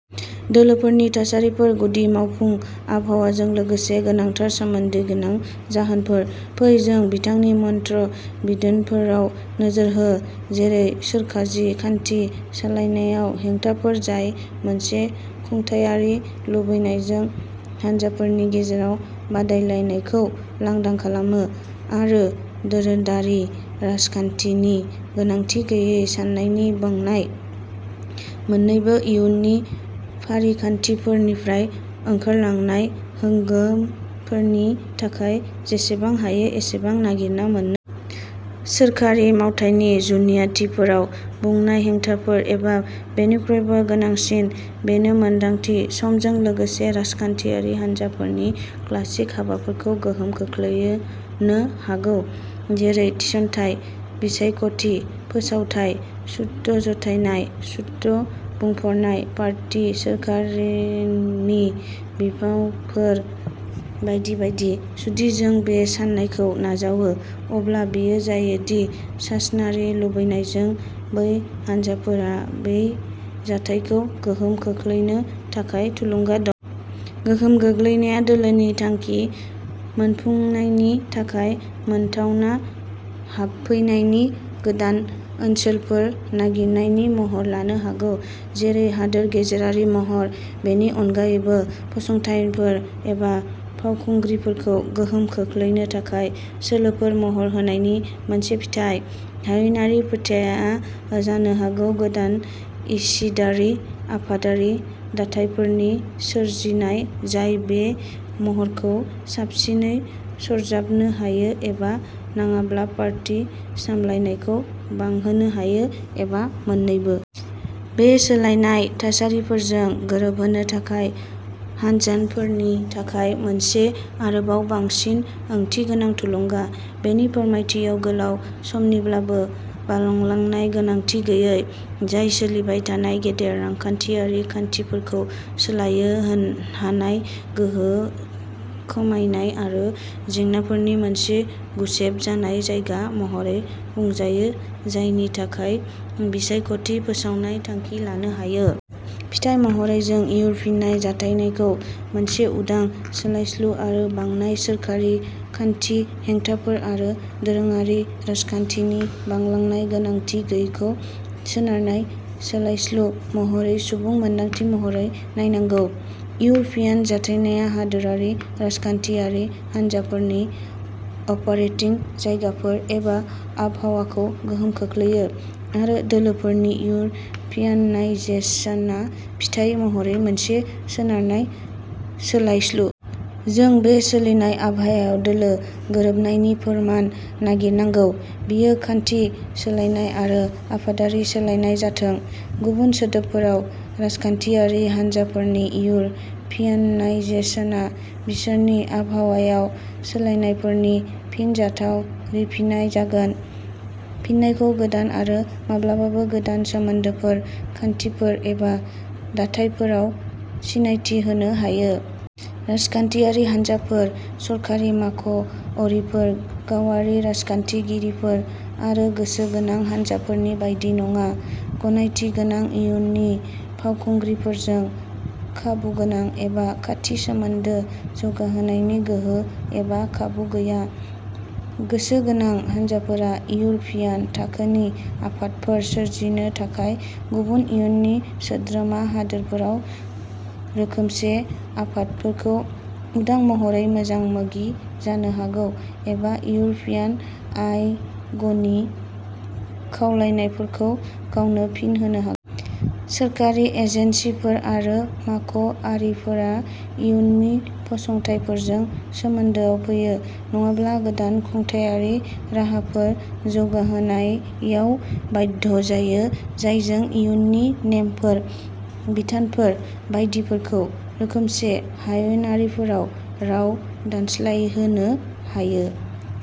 दोलोफोरनि थासारिफोर गुदि मावफुं आबहावाजों लोगोसे गोनांथार सोमोन्दो गोनां जाहोनफोर। फै जों बिथांनि मोन्थ्रो बिदोनफोराव नोजोर हो, जेरै सोरखारि खान्थि सालायनायआव हेंथाफोर जाय मोनसे खुंथायारि लुबैनायजों हानजाफोरनि गेजेराव बादायलायनायखौ लांदां खालामो आरो दोरोङारि राजखान्थिनि गोनांथि गैयै साननायनि बांनाय, मोननैबो इयुनि फारिखान्थिफोरनिफ्राय ओंखारलांनाय गोहोमफोरनि थाखाय जेसेबां हायो एसेबां नागिरना मोननो सोरखारि मावथायनि जुनियाथिफोराव बुंनाय हेंथाफोर, एबा बेनिख्रुइबो गोनांसिन, बेनो मोनदांथि, समजों लोगोसे राजखान्थियारि हानजाफोरनि क्लासिक हाबाफोरखौ गोहोम खोख्लैयो नो हागौ, जेरै थिसनथाय, बिसायख'थि फोसावथाय, सुद' जथायनाय, सुद' बुंफोरनाय, पार्टी सोरखारनि बिफावफोर, बायदि बायदि। जुदि जों बे सान्नायखौ नाजावो, अब्ला बेयो जायो दि सासनारि लुबैनायजों बै हानजाफोरहा बे जाथायखौ गोहोम खोख्लैनो थाखाय थुलुंगा दं। गोहोम गोग्लैनाया दोलोनि थांखि मोनफुंनायनि थाखाय मोनथावना हाबफैनायनि गोदान ओनसोलफोर नागिरनायनि महर लानो हागौ, जेरै, हादोर गेजेरारि महर। बेनि अनगायैबो, फसंथानफोर एबा फावखुंग्रिफोरखौ गोहोम खोख्लैनो थाखाय सोलोफोर महर होनायनि मोनसे फिथाय। हायुंआरि फोथारआ जानो हागौ गोदान इसिडारि आफादारि दाथायफोरनि सोरजिनाय जाय बे महरखौ साबसिनै सरजाबनो हायो एबा नङाब्ला पार्टी सामलायनायखौ बांहोनो हायो, एबा मोन्नैबो। बे सोलायनाय थासारिफोरजों गोरोबहोनो थाखाय हानजाफोरनि थाखाय मोनसे आरोबाव बांसिन ओंथिगोनां थुलुंगा, बेनि फोरमायथियाव गोलाव समनिब्लाबो, बांलांनाय गोनांथि गैयै, जाय सोलिबाय थानाय गेदेर रांखान्थियारि खान्थिफोरखौ सोलायो हानाय गोहो खमायनाय आरो जेंनाफोरनि मोनसे गुसेब जानाय जायगा महरै बुंजायो जायनि थाखाय बिसायख'थि फोसावनाय थांखि लानो हायो। फिथाय महरै, जों इउ फिन्नाय जाथायनायखौ मोनसे उदां सोलायस्लु आरो बांनाय सोरखारि खान्थि हेंथाफोर आरो दोरोङारि राजखान्थिनि बांलांनाय गोनांथि गैयैखौ सोनारनाय सोलायस्लु महरै सुबुं मोनदांथि महरै नायनांगौ। इउ'पियान जथायनाया हादोरारि राजखान्थियारि हानजाफोरनि अपारेटिं जायगाफोर, एबा आबहावाखौ गोहोम खोख्लैयो आरो दोलोफोरनि इउ पियानाइजेसनआ फिथाय महरै मोनसे सोनारनाय सोलायस्लु। जों बे सोलायनाय आबहावायाव दोलो गोरोबनायनि फोरमान नागिरनांगौ, बेयो खान्थि सोलायनाय आरो आफादारि सोलायनाय जाथों। गुबुन सोदोबफोराव, राजखान्थियारि हान्जाफोरनि इउ पियानाइजेसनआ बिसोरनि आबहावायाव सोलायनायफोरनि फिनजाथाव रिफिनाय जागोन। फिननायखौ गोदान आरो माब्लाबा गोदान सोमोन्दोफोर, खान्थिफोर एबा दाथायफोराव सिनायथि होनो हायो। राजखान्थियारि हान्जाफोर, सरखारि माख'अरिफोर, गावारि राजखान्थिगिरिफोर आरो गोसो गोनां हानजाफोरनि बायदि नङा, गनायथिगोनां इयुनि फावखुंग्रिफोरजों खाबु गोनां एबा खाथि सोमोन्दो जौगाहोनायनि गोहो एबा खाबु गैया। गोसो गोनां हानजाफोरा इउर'पियान थाखोनि आफादफोर सोरजिनो थाखाय गुबुन इयुनि सोद्रोमा हादोरफोराव रोखोमसे आफादफोरखौ उदां महरै मोजां मोगि जानो हागौ, एबा इउर'पियान आय गनि खावलायनायफोरखौ गावनो फिन होनो हा सोरखारि एजेन्सिफोर आरो मावख'आरिफोरा इयुनि फसंथायफोरजों सोमोन्दोआव फैयो, नङाब्ला गोदान खुंथायारि राहाफोर जौगाहोनायाव बाध्य जायो जायजों इयुनि नेमफोर, बिथोनफोर बायदिफोरखौ रोखोमसे हायुंआरिफोराव राव दानस्लाय होनो हायो।